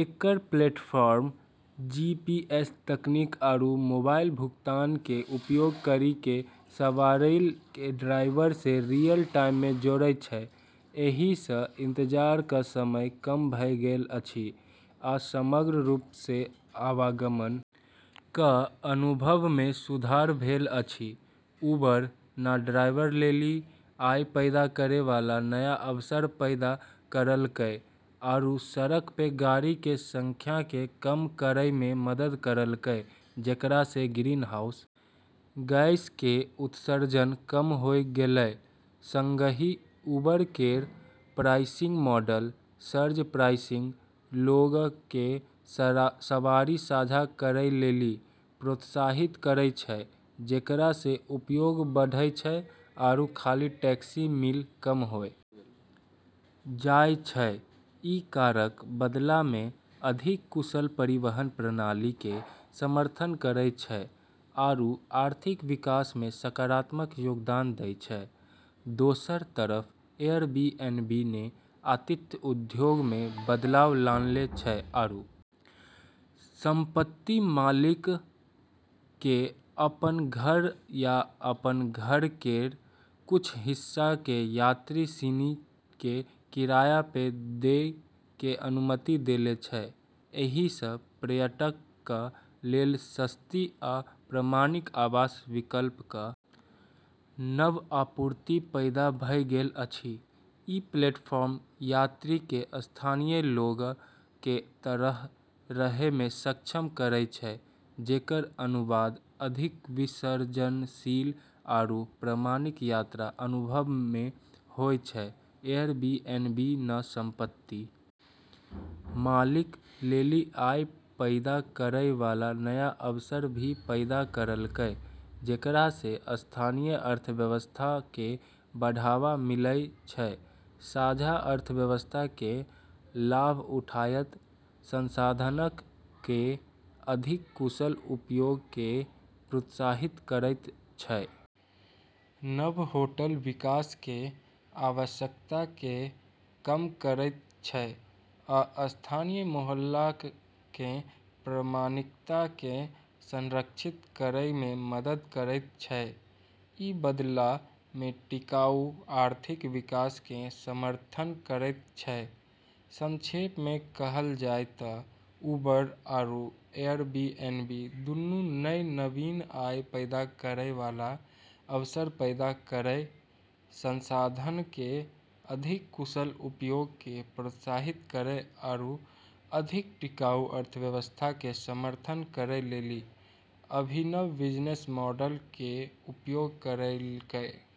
एकरऽ platform GPS तकनीक आरू मोबाइल भुगतान के उपयोग करी के सवारियऽ के ड्राइवरऽ से रियल-टाइम मे जोड़ै छै, एहि स इंतजार क समय कम भ गेल अछि आ समग्र रूप स आवागमन क अनुभव मे सुधार भेल अछि, उबर न ड्राइवरऽ लेली आय पैदा करै वाला नया अवसर पैदा करलकै आरू सड़क पे गाड़ी के संख्या के कम करै मे मदद करलकै जेकरा से ग्रीनहाउस गैस के उत्सर्जन कम होय गेलै, संगहि उबर केरऽ प्राइसिंग मॉडल (सर्ज प्राइसिंग) लोगऽ के सवारी साझा करै लेली प्रोत्साहित करै छै जेकरा से उपयोग बढ़ै छै आरू खाली टैक्सी मील कम होय जाय छै, ई कारक बदला मे अधिक कुशल परिवहन प्रणाली के समर्थन करै छै आरू आर्थिक विकास मे सकारात्मक योगदान दै छै, दोसरऽ तरफ एयरबीएनबी न आतिथ्य उद्योग मे बदलाव लानले छै आरू संपत्ति मालिकऽ के अपनऽ घर या अपनऽ घर केरऽ कुछ हिस्सा के यात्री सिनी के किराया पे दै के अनुमति देले छै, एहि स पर्यटक क लेल सस्ती आ प्रामाणिक आवास विकल्प क नव आपूर्ति पैदा भ गेल अछि, ई प्लेटफॉर्म यात्री के स्थानीय लोगऽ के तरह रहे मे सक्षम करै छै जेकरऽ अनुवाद अधिक विसर्जनशील आरू प्रामाणिक यात्रा अनुभव मे होय छै, एयरबीएनबी न संपत्ति मालिकऽ लेली आय पैदा करै वाला नया अवसर भी पैदा करलकै जेकरा से स्थानीय अर्थव्यवस्था के बढ़ावा मिलै छै, साझा अर्थव्यवस्था कें लाभ उठायत, संसाधनक कें अधिक कुशल उपयोग कें प्रोत्साहित करयत छै, नव होटल विकास कें आवश्यकता कें कम करयत छै आ स्थानीय मोहल्लाक कें प्रामाणिकता कें संरक्षित करय मे मदद करयत छै, इ बदला मे टिकाऊ आर्थिक विकास कें समर्थन करय छै, संक्षेप मे कहलऽ जाय तै उबर आरू एयरबीएनबी दूनू नै नवीन आय पैदा करै वाला अवसर पैदा करै, संसाधनऽ के अधिक कुशल उपयोग क॑ प्रोत्साहित करै आरू अधिक टिकाऊ अर्थव्यवस्था के समर्थन करै लेली अभिनव बिजनेस मॉडल के उपयोग करलकै।